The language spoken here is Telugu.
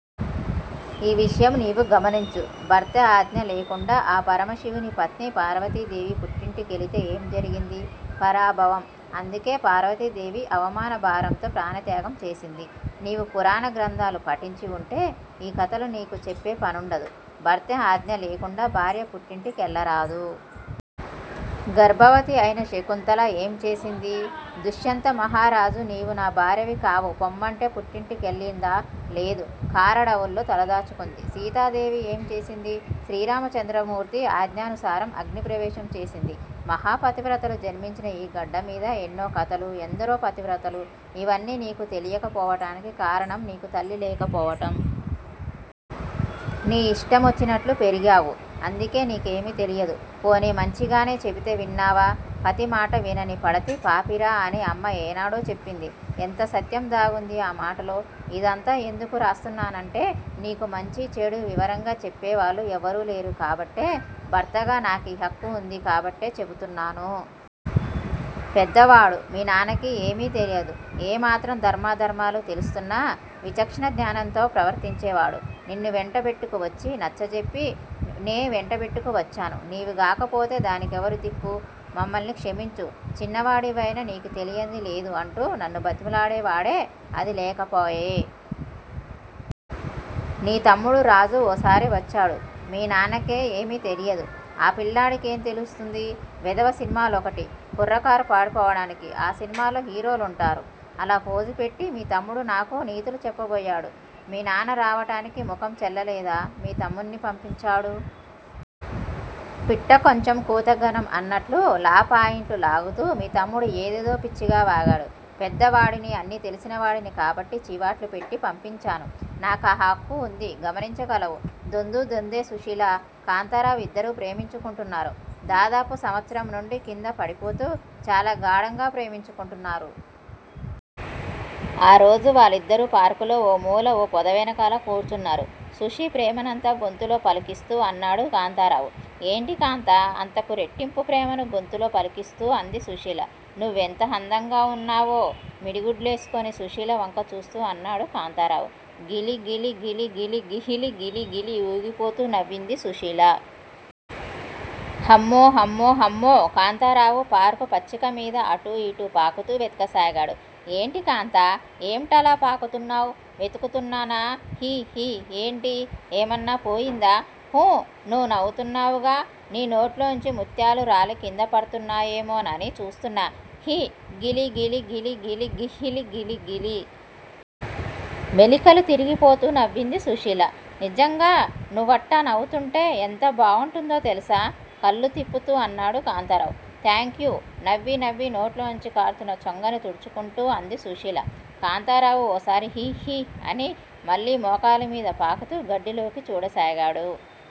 ఈ విషయం నీవు గమనించు. భర్త అజ్ఞ లేకుండా ఆ పరమ శివుని పత్ని పార్వతీదేవి పుట్టింటి కెళితే ఏం జరిగింది? పరాభవం: అందుకే పార్వతీదేవి అవమానభారంతో ప్రాణత్యాగం చేసింది. నీవు పురాణ గ్రంధాలు పఠించి వుంటే ఈ కధలు నీకు చెప్పే పనుండదు. భర్త అజ్ఞ లేకుండా భార్య పుట్టింటి కెళ్ళరాదు. గర్భవతి అయిన శకుంతల ఏం చేసింది? దుష్యంత మహారాజు నీవు నా భార్యవి కావు పొమ్మంటే పుట్టింటి కెళ్ళిందా? లేదు. కారడువుల్లో తలదాచుకుంది. సీతాదేవి ఏం చేసింది? శ్రీరామచంద్రమూర్తి అజ్ఞానుసారం అగ్ని ప్రవేశం చేసింది. మహాపతివ్రతలు జన్మించిన ఈ గడ్డ మీద ఎన్నో కధలు, ఎందరో పతివ్రతలు- ఇవన్నీ నీకు తెలియక పోవటానికి కారణం నీకు తల్లి లేకపోవటం. నీ ఇష్టమొచ్చినట్లు పెరిగావు, అందుకే నీకేమి తెలియదు. పోనీ మంచిగా నే చెబితే విన్నావా! పతిమాట వినని పడతి పాపిరా అని అమ్మ ఏనాడో చెప్పింది. ఎంత సత్యం దాగుంది ఆ మాటలో, ఇదంతా ఎందుకు రాస్తున్నానంటే నీకు మంచి-చెడు వివరంగా చెప్పేవాళ్ళు ఎవ్వరు లేరు కాబట్టే భర్తగా నాకీ హక్కు వుంది కాబట్టే చెపుతున్నాను. పెద్దవాడు, మీ నాన్నకి ఏమి తెలియదు. ఏమాత్రం ధర్మా ధర్మాలు తెలిసున్నా విచక్షణ జ్ఞానంతో ప్రవర్తించేవాడు. నిన్ను వెంటబెట్టుకు వచ్చి, నచ్చజెప్పి నే వెంటబెట్టుకు వచ్చాను, నీవు గాకపోతే దానికెవరు దిక్కు, మమ్మల్ని క్షమించు చిన్నవాడివయినా నీకు తెలియంది లేదు అంటూ నన్ను బతిమిలాడేవాడే, అది లేకపోయె. నీ తమ్ముడు రాజు ఓసారి వచ్చాడు. మీనాన్నకే ఏమి తెలియదు, ఆ పిల్లాడికేం తెలిస్తుంది? వెధవ సినిమలోకటి, కుర్రకారు పాడుపోవటానికి, ఆ సినిమాల్లో హిరోలుంటారు. అలా ఫోజు పెట్టి మీ తమ్ముడు నాకు నీతులు చెప్పబోయాడు, మీ నాన్న రావటానికి ముఖం చెల్లలేదా? మీ తమ్ముణ్ని పంపించాడు? పిట్ట కొంచం కూత ఘనం అన్నట్లు లాపాయింట్లు లాగుతూ మీ తమ్ముడు ఏదేదో పిచ్చిగా వాగాడు. పెద్దవాడిని, అన్ని తెలిసినవాడిని కాబట్టి చివాట్లు పెట్టి పంపించాను. నాకా హక్కు వుంది. గమనించగలవు. దొందూ దొందే సుశీలా, కాంతారావు ఇద్దరూ ప్రేమించుకుంటున్నారు. దాదాపు సంవత్సరం నుండీ కిందా పడిపోతూ చాలా గాఢంగా ప్రేమించుకుంటున్నారు. ఆరోజు వాళ్లిద్దరూ పార్కులో ఓ మూల ఓ పొదవెనకాల కూర్చున్నారు. సుశీ ప్రేమనంతా గొంతులో పలికిస్తూ అన్నాడు కాంతారావు. ఏంటి కాంతా అంతకు రెట్టింపు ప్రేమను గొంతులో పలికిస్తూ అంది సుశీల. నువ్వెంత హందంగా ఉన్నవో?! మిడిగుడ్లేస్కుని సుశీల వంక చూస్తూ అన్నాడు కాంతారావు. గిలి గిలిగిలిగిలి గిహ్హిలి గిలిగిలి ఊగిపోతూ నవ్వింది సుశీల. హమ్మో హమ్మో హమ్మో కాంతారావు పార్కు పచ్చికమీద అటూ ఇటూ పాకుతూ వెతకసాగాడు. ఏంటి కాంతా ఏంటలా పాకుతున్నావ్? వెతుకుతున్నా హి హిహి ఏంటి? ఏమన్నా పోయిందా? ఉహు నువ్ నవ్వుతున్నావ్ గా నీ నోట్లోంచి ముత్యాలు రాలి కింద పడ్తున్నాయేమోనని చూస్తున్నా హి గిలి గిలి గిలిగిలి గిహ్హిలిగిలి గిలి! మెలికలు తిరిగిపోతూ నవ్వింది సుశీల. నిజ్జంగా నువ్వట్టా నవ్వుతుంటే ఎంత బాగుంటుందో తెల్సా? కళ్ళు తిప్పుతూ అన్నాడు కాంతారావు. థాంక్యూ నవ్వీ నవ్వీ నోట్లోంచి కార్తున్న చొంగని తుడ్చుకుంటూ అంది సుశీల. కాంతారావు ఓసారి హిహి అని మళ్ళీ మోకాలి మీద పాకుతూ గడ్డిలోకి చూడసాగాడు.